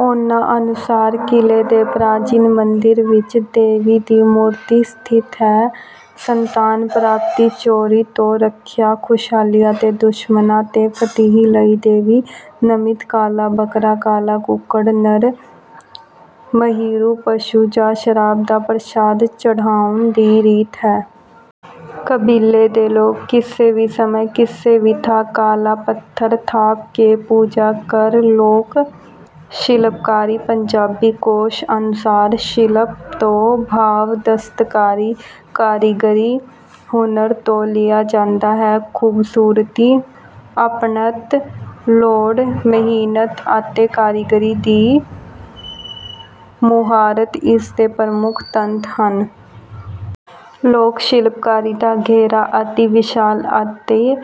ਉਹਨਾਂ ਅਨੁਸਾਰ ਕਿਲ੍ਹੇ ਦੇ ਪ੍ਰਾਚੀਨ ਮੰਦਿਰ ਵਿਚ ਦੇਵੀ ਦੀ ਮੂਰਤੀ ਸਥਿਤ ਹੈ। ਸੰਤਾਨ ਪ੍ਰਾਪਤੀ, ਚੋਰੀ ਤੋਂ ਰੱਖਿਆ, ਖੁਸ਼ਹਾਲੀ ਅਤੇ ਦੁਸ਼ਮਣ 'ਤੇ ਫਤਿਹ ਲਈ ਦੇਵੀ ਨਮਿਤ ਕਾਲਾ ਬੱਕਰਾ, ਕਾਲਾ ਕੁਕੜ, ਨਰ ਮਹਿਰੂ ਪਸੂ ਜਾਂ ਸ਼ਰਾਬ ਦਾ ਪ੍ਰਸਾਦ ਚੜ੍ਹਾਉਣ ਦੀ ਰੀਤ ਹੈ। ਕਬੀਲੇ ਦੇ ਲੋਕ ਕਿਸੇ ਵੀ ਸਮੇਂ, ਕਿਸੇ ਵੀ ਥਾਂ, ਕਾਲਾ ਪੱਥਰ ਥਾਪ ਕੇ, ਪੂਜਾ ਕਰ। ਲੋਕ ਸ਼ਿਲਪਕਾਰੀਪੰਜਾਬੀ ਕੋਸ਼ ਅਨੁਸਾਰ ਸ਼ਿਲਪ ਤੋਂ ਭਾਵ ਦਸਤਕਾਰੀ, ਕਾਰੀਗਰੀ, ਹੁਨਰ ਤੋਂ ਲਿਆ ਜਾਂਦਾ ਹੈ। "ਖੂਬਸੂਰਤੀ, ਅਪਣੱਤ, ਲੋੜ, ਮਿਹਨਤ ਅਤੇ ਕਾਰੀਗਰੀ ਦੀ ਮੁਹਾਰਤ ਇਸ ਦੇ ਪ੍ਰਮੁੱਖ ਤੱਤ ਹਨ। ਲੋਕ ਸ਼ਿਲਪਕਾਰੀ ਦਾ ਘੇਰਾ ਅਤਿ ਵਿਸ਼ਾਲ ਅਤੇ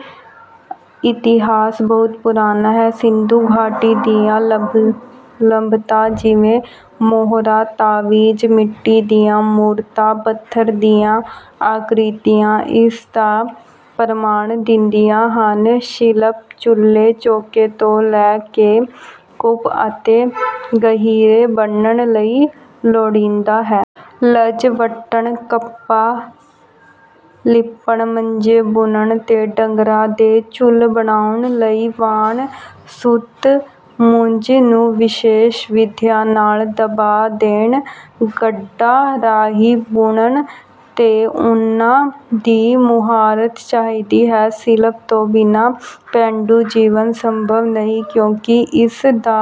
ਇਤਿਹਾਸ ਬਹੁਤ ਪੁਰਾਣਾ ਹੈ। 'ਸਿੰਧੂ ਘਾਟੀ ਦੀਆਂ ਲੱਭਤਾਂ ਜਿਵੇਂ ਮੋਹਰਾਂ, ਤਾਵੀਜ਼, ਮਿੱਟੀ ਦੀਆਂ ਮੂਰਤਾਂ, ਪੱਥਰ ਦੀਆਂ ਆਕ੍ਰਿ੍ਰਤੀਆਂ ਇਸ ਦਾ ਪ੍ਰਮਾਣ ਦਿੰਦੀਆਂ ਹਨ। ਸ਼ਿਲਪ ਚੁੱਲੇ ਚੌਂਕੇ ਤੋਂ ਲੈ ਕੇ ਕੁੱਪ ਅਤੇ ਗਹੀਰੇ ਬੰਨ੍ਹਣ ਲਈ ਲੋੜੀਂਦਾ ਹੈ। ਲੱਜ ਵੱਟਣ, ਕੰਧਾਂ ਲਿਪਣ, ਮੰਜੇ ਬੁਣਨ ਤੇ ਡੰਗਰਾਂ ਦੇ ਝੁੱਲ ਬਣਾਉਣ ਲਈ ਵਾਣ, ਸੂਤ, ਮੁੰਜ ਨੂੰ ਵਿਸ਼ੇਸ਼ ਵਿਧੀਆਂ ਨਾਲ ਦਬਾ ਦੇਣ, ਗੰਢਾਂ ਰਾਹੀਂ ਬੁਣਨ ਤੇ ਉਣਨ ਦੀ ਮੁਹਾਰਤ ਚਾਹੀਦੀ ਹੈ। ਸ਼ਿਲਪ ਤੋਂ ਬਿਨਾਂ ਪੇਂਡੂ ਜੀਵਨ ਸੰਭਵ ਨਹੀਂ ਕਿਉਂਕਿ ਇਸ ਦਾ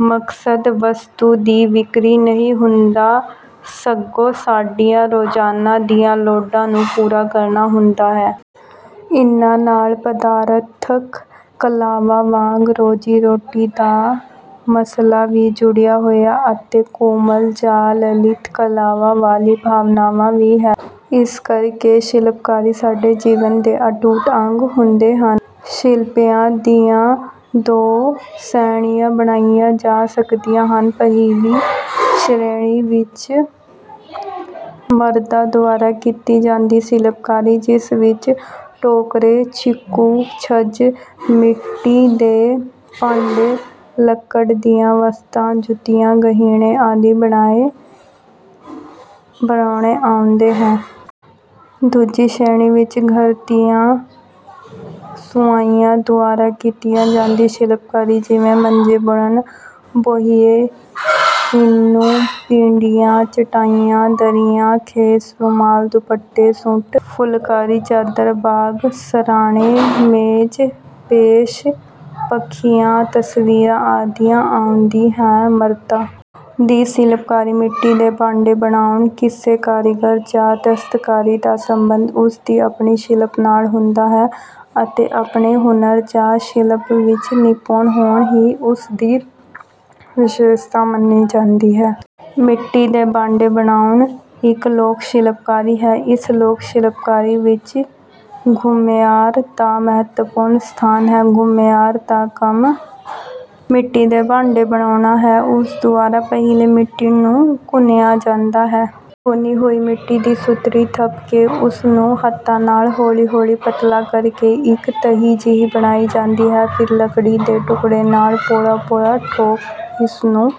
ਮਕਸਦ ਵਸਤੂ ਦੀ ਵਿਕਰੀ ਨਹੀਂ ਹੁੰਦਾ, ਸਗੋਂ ਸਾਡੀਆਂ ਰੋਜ਼ਾਨਾ ਦੀਆਂ ਲੋੜਾਂ ਨੂੰ ਪੂਰਾ ਕਰਨਾ ਹੁੰਦਾ ਹੈ। "ਇਨ੍ਹਾਂ ਨਾਲ ਪਦਾਰਥਕ ਕਲਾਵਾਂ ਵਾਂਗ ਰੋਜ਼ੀ-ਰੋਟੀ ਦਾ ਮਸਲਾ ਵੀ ਜੁੜਿਆ ਹੋਇਆ ਅਤੇ ਕੋਮਲ ਜਾਂ ਲਲਿਤ ਕਲਾਵਾਂ ਵਾਲੀ ਭਾਵਨਾ ਵੀ ਹੈ। ਇਸ ਕਰ ਕੇ ਸ਼ਿਲਪਕਾਰ ਸਾਡੇ ਜੀਵਨ ਦੇ ਅਟੁੱਟ ਅੰਗ ਹੁੰਦੇ ਹਨ। ਸ਼ਿਲਪੀਆਂ ਦੀਆਂ ਦੋ ਸ਼੍ਰੇਣੀਆਂ ਬਣਾਈਆਂ ਜਾ ਸਕਦੀਆਂ ਹਨ- ਪਹਿਲੀ ਸ਼ੇ੍ਰਣੀ ਵਿੱਚ ਮਰਦਾਂ ਦੁਆਰਾ ਕੀਤੀ ਜਾਂਦੀ ਸ਼ਿਲਪਕਾਰੀ, ਜਿਸ ਵਿੱਚ ਟੋਕਰੇ, ਛਿਕੂ, ਛੱਜ, ਮਿੱਟੀ ਦੇ ਭਾਂਡੇ, ਲੱਕੜ ਦੀਆਂ ਵਸਤਾਂ, ਜੁੱਤੀਆਂ, ਗਹਿਣੇ ਆਦਿ ਬਣਾਉਣਾ ਆਉਂਦਾ ਹੈ। ਦੂਜੀ ਸ਼੍ਰੇਣੀ ਵਿੱਚ ਘਰ ਦੀਆਂ ਸੁਆਣੀਆਂ ਦੁਆਰਾ ਕੀਤੀ ਜਾਂਦੀ ਸ਼ਿਲਪਾਕਰੀ, ਜਿਵੇਂ- ਮੰਜੇ ਬੁਣਨਾ, ਬੋਹੀਏ, ਇੰਨੂ, ਪੀੜ੍ਹੀਆਂ, ਚਟਾਈਆਂ ਦਰੀਆਂ, ਖੇਸ, ਰੁਮਾਲ, ਦੁਪੱਟੇ, ਸੂਟ, ਫੁਲਕਾਰੀ, ਚਾਦਰ, ਬਾਗ, ਸਰ੍ਹਾਣੇ, ਮੇਜ਼ ਪੋਸ਼, ਪੱਖੀਆਂ, ਤਸਵੀਰਾਂ ਆਦਿ ਆਉਂਦਾ ਹੈ। ਮਰਦਾਂ ਦੀ ਸ਼ਿਲਪਕਾਰੀਮਿੱਟੀ ਦੇ ਭਾਂਡੇਂ ਬਣਾਉਣਾ: ਕਿਸੇ ਕਾਰੀਗਰ ਜਾਂ ਦਸਤਕਾਰੀ ਦਾ ਸੰਬੰਧ ਉਸ ਦੀ ਆਪਣੀ ਸ਼ਿਲਪ ਨਾਲ ਹੁੰਦਾ ਹੈ ਅਤੇ ਆਪਣੇ ਹੁਨਰ ਜਾਂ ਸ਼ਿਲਪ ਵਿੱਚ ਨਿਪੁੰਨ ਹੋਣਾ ਹੀ ਉਸ ਦੀ ਵਿਸ਼ੇਸ਼ਤਾ ਮੰਨੀ ਜਾਂਦੀ ਹੈ। ਮਿੱਟੀ ਦੇ ਭਾਂਡੇ ਬਣਾਉਣਾ ਇੱਕ ਲੋਕ ਸ਼ਿਲਪਕਾਰੀ ਹੈ। ਇਸ ਲੋਕ ਸ਼ਿਲਪਕਾਰੀ ਵਿੱਚ ਘੁਮਿਆਰ ਦਾ ਮਹੱਤਵਪੂਰਨ ਸਥਾਨ ਹੈ। ਘੁਮਿਆਰ ਦਾ ਕੰਮ ਮਿੱਟੀ ਦੇ ਭਾਂਡੇ ਬਣਾਉਣਾ ਹੈ। ਉਸ ਦੁਆਰਾ ਪਹਿਲਾਂ ਮਿੱਟੀ ਨੂੰ ਗੁੰਨਿਆ ਜਾਂਦਾ ਹੈ। "ਗੁੰਨੀ ਹੋਈ ਮਿੱਟੀ ਦੀ ਸੁਥਰੀ ਥੱਪ ਕੇ ਉਸ ਨੂੰ ਹੱਥਾਂ ਨਾਲ ਹੌਲੀ-ਹੌਲੀ ਪਤਲਾ ਕਰ ਕੇ ਇੱਕ ਤਹਿ ਜਿਹੀ ਬਣਾਈ ਜਾਂਦੀ ਹੈ। ਫਿਰ ਲੱਕੜੀ ਦੇ ਟੁਕੜੇ ਨਾਲ ਪੋਲਾ ਪੋਲਾ ਠੋਕ ਇਸ ਨੂੰ...